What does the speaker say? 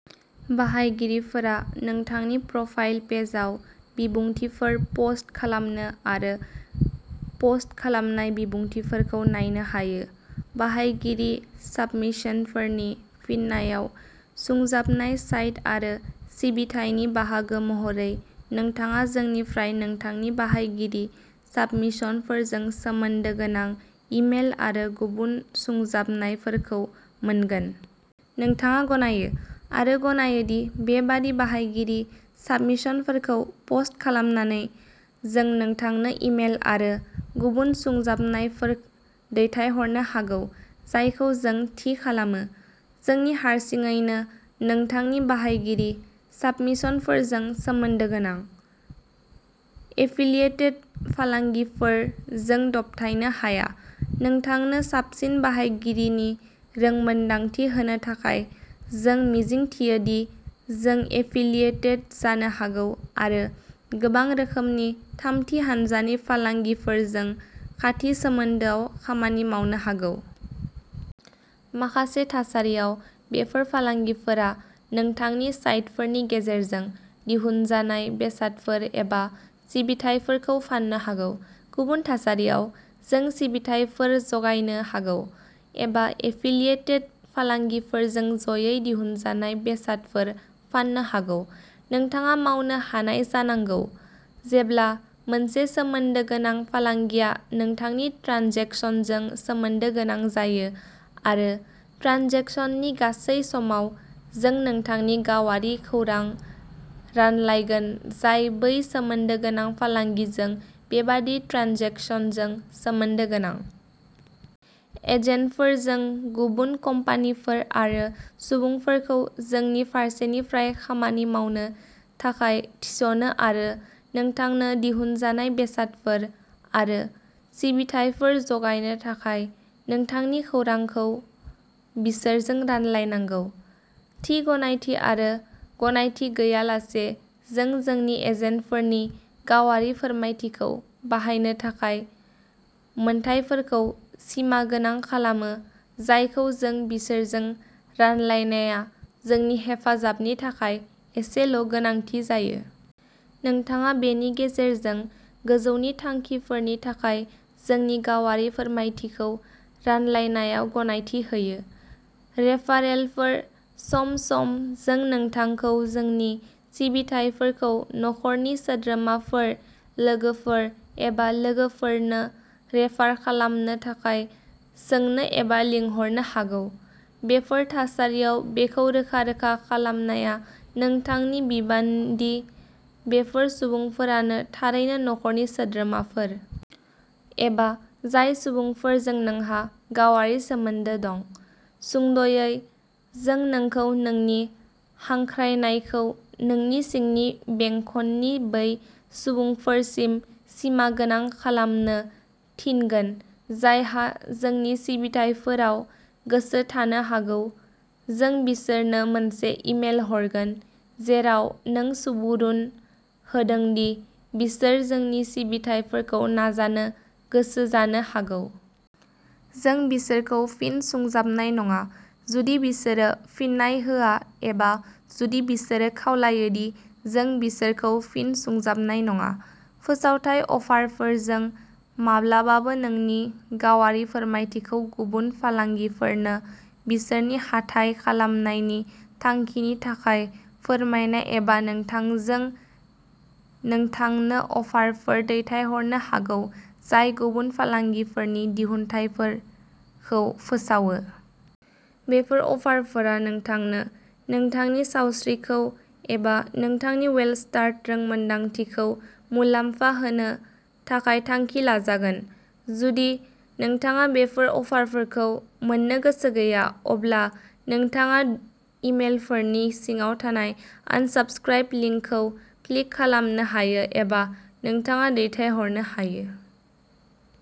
बाहायगिरिफोरा नोंथांनि प्रफाइल पेजआव बिबुंथिफोर पस्ट खालामनो आरो पस्ट खालामनाय बिबुंथिफोरखौ नायनो हायो। बाहायगिरि साबमिशनफोरनि फिननायाव सुंजाबनाय साइट आरो सिबिथायनि बाहागो महरै, नोंथाङा जोंनिफ्राय नोंथांनि बाहायगिरि साबमिशनफोरजों सोमोन्दो गोनां इमेल आरो गुबुन सुंजाबनायफोरखौ मोनगोन। नोंथाङा गनायो आरो गनायो दि बेबादि बाहायगिरि साबमिशनफोरखौ पस्ट खालामनानै, जों नोंथांनो इमेल आरो गुबुन सुंजाबनायफोर दैथायहरनो हागौ जायखौ जों थि खालामो, जोंनि हारसिङैनो, नोंथांनि बाहायगिरि साबमिशनफोरजों सोमोन्दो गोनां। एफिलियेटेड फालांगिफोर जों दबथायनो हाया नोंथांनो साबसिन बाहायगिरिनि रोंमोनदांथि होनो थाखाय, जों मिजिंथियो दि जों एफिलियेटेड जानो हागौ आरो गोबां रोखोमनि थामथि हान्जानि फालांगिफोरजों खाथि सोमोन्दोआव खामानि मावनो हागौ। माखासे थासारियाव, बेफोर फालांगिफोरा नोंथांनो साइटफोरनि गेजेरजों दिहुनजानाय बेसादफोर एबा सिबिथाइफोरखौ फान्नो हागौ। गुबुन थासारियाव, जों सिबिथाइफोर जगायनो हागौ, एबा एफिलियेटेड फालांगिफोरजों ज'यै दिहुनजानाय बेसादफोर फाननो हागौ। नोंथाङा मावनो हानाय जानांगौ। जेब्ला मोनसे सोमोन्दो गोनां फालांगिया नोंथांनि ट्रेन्जेकसनजों सोमोन्दो गोनां जायो, आरो ट्रेन्जेकसननि गासै समाव, जों नोंथांनि गावारि खौरांखौ रानलायगोन जाय बै सोमोन्दो गोनां फालांगिजों बेबादि ट्रेन्जेकसनजों सोमोन्दो गोनां। एजेन्टफोर जों गुबुन कम्पानिफोर आरो सुबुंफोरखौ जोंनि फारसेनिफ्राय खामानि मावनो थाखाय थिसनो आरो नोंथांनो दिहुनजानाय बेसादफोर आरो सिबिथाइफोर जगायनो थाखाय नोंथांनि खौरांखौ बिसोरजों रानलायनांगौ। थि गनायथि आरो गनायथि गैयालासे, जों जोंनि एजेन्टफोरनि गावारि फोरमायथिखौ बाहायनो थाखाय मोनथायफोरखौ सिमागोनां खालामो जायखौ जों बिसोरजों रानलायनाया जोंनि हेफाजाबनि थाखाय एसेल' गोनांथि जायो। नोंथाङा बेनि गेजेरजों गोजौनि थांखिफोरनि थाखाय जोंनि गावारि फोरमायथिखौ रानलायनायाव गनायथि होयो। रेफारेलफोर सम सम, जों नोंथांखौ जोंनि सिबिथाइफोरखौ नखरनि सोद्रोमाफोर, लोगोफोर एबा लोगोफोरनो रेफार खालामनो थाखाय सोंनो एबा लिंहरनो हागौ। बेफोर थासारियाव, बेखौ रोखा खालामनाया नोंथांनि बिबान दि बेफोर सुबुंफोरानो थारैनो नखरनि सोद्रोमाफोर। एबा जाय सुबुंफोरजों नोंहा गावारि सोमोन्दो दं। सुंद'यै, जों नोंखौ नोंनि हांख्रायनायखौ नोंनि सिंनि बेंखननि बै सुबुंफोरसिम सिमागोनां खालामनो थिनगोन जायहा जोंनि सिबिथाइफोराव गोसो थानो हागौ। जों बिसोरनो मोनसे इमेल हरगोन जेराव नों सुबुरुन होदों दि बिसोर जोंनि सिबिथाइफोरखौ नाजानो गोसो जानो हागौ। जों बिसोरखौ फिन सुंजाबनाय नङा जुदि बिसोरो फिन्नाय होआ एबा जुदि बिसोरो खावलायो दि जों बिसोरखौ फिन सुंजाबनाय नङा। फोसावथाय अफारफोर जों माब्लाबाबो नोंनि गावारि फोरमायथिखौ गुबुन फालांगिफोरनो बिसोरनि हाथाय खालामनायनि थांखिनि थाखाय फोरमायनाय एबा, नाथाय जों नोंथांनो अफारफोर दैथायहरनो हागौ जाय गुबुन फालांगिफोरनि दिहुनथायफोरखौ फोसावो। बेफोर अफारफोरा नोंथांनो, नोंथांनि सावस्रिखौ, एबा नोंथांनि वेलस्टार्ट रोंमोनदांथिखौ मुलाम्फा होनो थाखाय थांखि लाजागोन। जुदि नोंथाङा बेफोर अफारफोरखौ मोन्नो गोसो गैया, अब्ला नोंथाङा इमेलफोरनि सिङाव थानाय "आनसाबस्क्राइब" लिंकखौ क्लिक खालामनो हायो एबा नोंथाङा दैथायहरनो हायो।